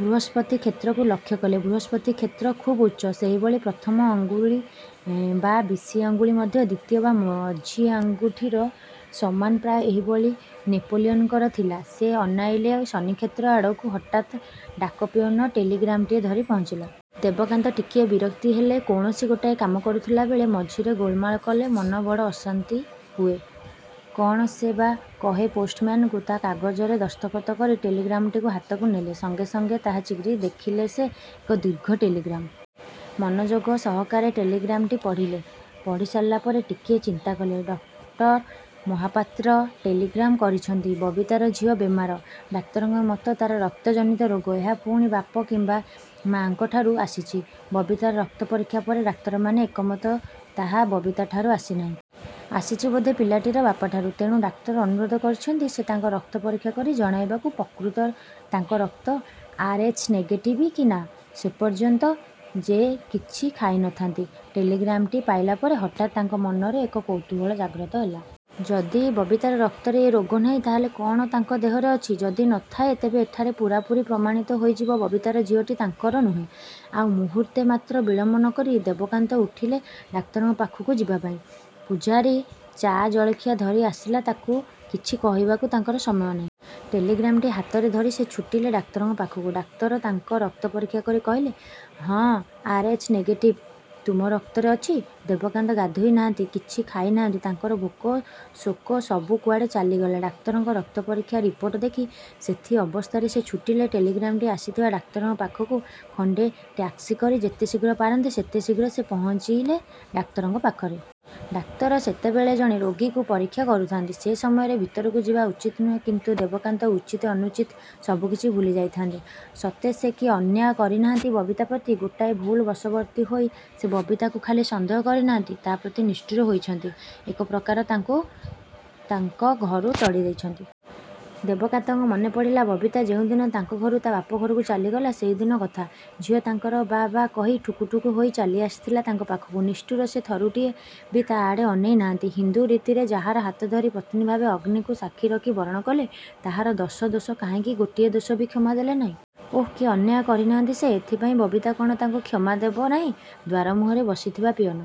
ବୃହସ୍ପତି କ୍ଷେତ୍ରକୁ ଲକ୍ଷ୍ୟ କଲେ। ବୃହସ୍ପତି କ୍ଷେତ୍ର ଖୁବ୍ ଉଚ୍ଚ। ସେହିଭଳି ପ୍ରଥମ ଅଙ୍ଗୁଳି ବା ବିଶି ଆଙ୍ଗୁଳି ମଧ୍ୟ ଦ୍ୱିତୀୟ ବା ମଝି ଆଙ୍ଗୁଠିର ସମାନ ପ୍ରାୟ ଏହିଭଳି ନେପୋଲିୟନଙ୍କର ଥିଲା। ସେ ଅନାଇଲେ ଶନି କ୍ଷେତ୍ର। ଆଡ଼କୁ–ହଠାତ୍ ଡାକପିଅନ ଟେଲିଗ୍ରାମଟିଏ ଧରି ପହଞ୍ଚିଲା। ଦେବକାନ୍ତ ଟିକିଏ ବିରକ୍ତ ହେଲେ କୌଣସି ଗୋଟାଏ କାମ କରୁଥିଲାବେଳେ ମଝିରେ ଗୋଳମାଳ କଲେ ମନ ବଡ଼ ଅଶାନ୍ତି ହୁଏ। କଣ୍ ସେ ବା କହେ ପୋଷ୍ଟମ୍ୟାନକୁ। ତା କାଗଜରେ ଦସ୍ତଖତ କରି ଟେଲିଗ୍ରାମଟିକୁ ହାତକୁ ନେଲେ। ସଙ୍ଗେ ସଙ୍ଗେ ତାହା ଚିରି ଦେଖିଲେସେ ଏକ ଦୀର୍ଘ ଟେଲିଗ୍ରାମ। ମନଯୋଗ ସହକାରେ ଟେଲିଗ୍ରାମଟି ପଢ଼ିଲେ। ପଢ଼ି ସାରିଲା ପରେ ଟିକିଏ ଚିନ୍ତାକଲେ। ଡଃ ମହାପାତ୍ର ଟେଲିଗ୍ରାମ କରିଛନ୍ତି। ବବିତାର ଝିଅ ବେମାର। ଡାକ୍ତରଙ୍କ ମତ ତାର ରକ୍ତ ଜନିତ ରୋଗ। ଏହା ପୁଣି ବାପ କିମ୍ୱା ମାଙ୍କ ଠାରୁ ଆସିଛି। ବବିତାର ରକ୍ତ ପରୀକ୍ଷା ପରେ ଡାକ୍ତରମାନେ ଏକମତ ତାହା ବବିତାଠାରୁ ଆସିନାହିଁ। ଆସିଛି ବୋଧେ ପିଲାଟିର ବାପାଠାରୁ। ତେଣୁ ଡାକ୍ତର ଅନୁରୋଧ କରିଛନ୍ତି ସେ ତାଙ୍କ ରକ୍ତ ପରୀକ୍ଷା କରି ଜଣାଇବାକୁ ପ୍ରକୃତ ତାଙ୍କ ରକ୍ତ ଆର୍. ଏଚ, ନେଗେଟିଭ କି ନା? ସେ ପର୍ଯ୍ୟନ୍ତ ଯେ କିଛି ଖାଇ ନଥାନ୍ତି। ଟେଲିଗ୍ରାମଟି ପାଇଲାପରେ ହଠାତ୍ ତାଙ୍କ ମନରେ ଏକ କୌତୁହଳ ଜାଗ୍ରତ ହେଲା। ଯଦି ବବିତାର ରକ୍ତରେ ଏ ରୋଗନାହିଁ ତାହାହେଲେ କଣ ତାଙ୍କ ଦେହରେ ଅଛି? ଯଦି ନଥାଏ ତେବେ ଏଠାରେ ପୂରାପୂରି ପ୍ରମାଣିତ ହୋଇଯିବ ବବିତାର ଝିଅଟି ତାଙ୍କର ନୁହେଁ। ଆଉ ମୁହୂର୍ତ୍ତେ ମାତ୍ର ବିଳମ୍ୱ ନକରି ଦେବକାନ୍ତ ଉଠିଲେ ଡାକ୍ତରଙ୍କ ପାଖକୁ ଯିବାପାଇଁ। ପୂଝାରୀ ଚା ଜଳଖିଆ ଧରି ଆସିଲା ତାକୁ କିଛି କହିବାକୁ ତାଙ୍କର ସମୟ ନାହିଁ। ଟେଲିଗ୍ରାମଟି ହାତରେ ଧରି ସେ ଛୁଟିଲେ ଡାକ୍ତରଙ୍କ ପାଖକୁ। ଡାକ୍ତର ତାଙ୍କ ରକ୍ତ ପରୀକ୍ଷା କରି କହିଲେ ହଁ ଆର୍, ଏଚ୍, ନେଗେଟିଭ ତୁମ ରକ୍ତରେ ଅଛି। ଦେବକାନ୍ତ ଗାଧୋଇ ନାହାନ୍ତି କିଛି ଖାଇ ନାହାନ୍ତି ତାଙ୍କର ଭୋକ ଶୋକସବୁ କୁଆଡ଼େ ଚାଲିଗଲା ଡାକ୍ତରଙ୍କ ରକ୍ତ ପରୀକ୍ଷା ରିପୋର୍ଟ ଦେଖି ସେଥି ଅବସ୍ଥାରେ ସେ ଛୁଟିଲେ ଟେଲିଗ୍ରାମଟି ଆସିଥିବା ଡାକ୍ତରଙ୍କ ପାଖକୁ ଖଣ୍ଡେ ଟ୍ୟାକସି କରି ଯେତେଶୀଘ୍ର ପାରନ୍ତି ସେତେଶୀଘ୍ର ସେ ପହଞ୍ଚିଲେ ଡାକ୍ତରଙ୍କ ପାଖରେ। ଡାକ୍ତର ସେତେବେଳେ ଜଣେ ରୋଗୀକୁ ପରୀକ୍ଷା କରୁଥାନ୍ତି। ସେ ସମୟରେ ଭିତରକୁ ଯିବା ଉଚିତ ନୁହେଁ। କିନ୍ତୁ ଦେବକାନ୍ତ ଉଚିତ ଅନୁଚିତ ସବୁ କିଛି ଭୁଲିଯାଇଥାନ୍ତି। ସତେ ସେ କି ଅନ୍ୟାୟ କରିନାହାନ୍ତି ବବିତା ପ୍ରତି। ଗୋଟାଏ ଭୁଲ୍ ବଶବର୍ତ୍ତୀ ହୋଇ ସେ ବବିତାକୁ ଖାଲି ସନ୍ଦେହ କରି ନାହାନ୍ତି ତା ପ୍ରତି ନିଷ୍ଠୁର ହୋଇଛନ୍ତି—ଏକ ପ୍ରକାର ତାକୁ ତାଙ୍କ ଘରୁ ତଡ଼ି ଦେଇଛନ୍ତି। ଦେବକାନ୍ତଙ୍କ ମନେପଡ଼ିଲା ବବିତା ଯେଉଁଦିନ ତାଙ୍କ ଘରୁ ତା ବାପଘରକୁ ଚାଲିଗଲା ସେହିଦିନ କଥା। ଝିଅ ତାଙ୍କର ବା, ବା କହି ଠୁକୁ ଠୁକୁ ହୋଇ ଚାଲିଆସିଥିଲା ତାଙ୍କ ପାଖକୁ। ନିଷ୍ଠୁର ସେ ଥରୁଟିଏ ବି ତା ଆଡ଼େ ଅନାଇନାହାନ୍ତି। ହିନ୍ଦୁ ରୀତିରେ ଯାହାର ହାତଧରି ପତ୍ନୀଭାବେ ଅଗ୍ନିକୁ ସାକ୍ଷୀ ରଖି ବରଣ କଲେ; ତାହାର ଦଶ ଦୋଷ କାହିଁକି ଗୋଟିଏ ଦୋଷ ବି କ୍ଷମା ଦେଲେ ନାହିଁ। ଓଃ କି ଅନ୍ୟାୟ କରିନାହାନ୍ତି ସେ। ଏଥିପାଇଁ ବବିତା କଣ ତାକୁ କ୍ଷମା ଦେବ ନାହିଁ। ଦ୍ୱାର ମୁଁହରେ ବସିଥିବା ପିଅନ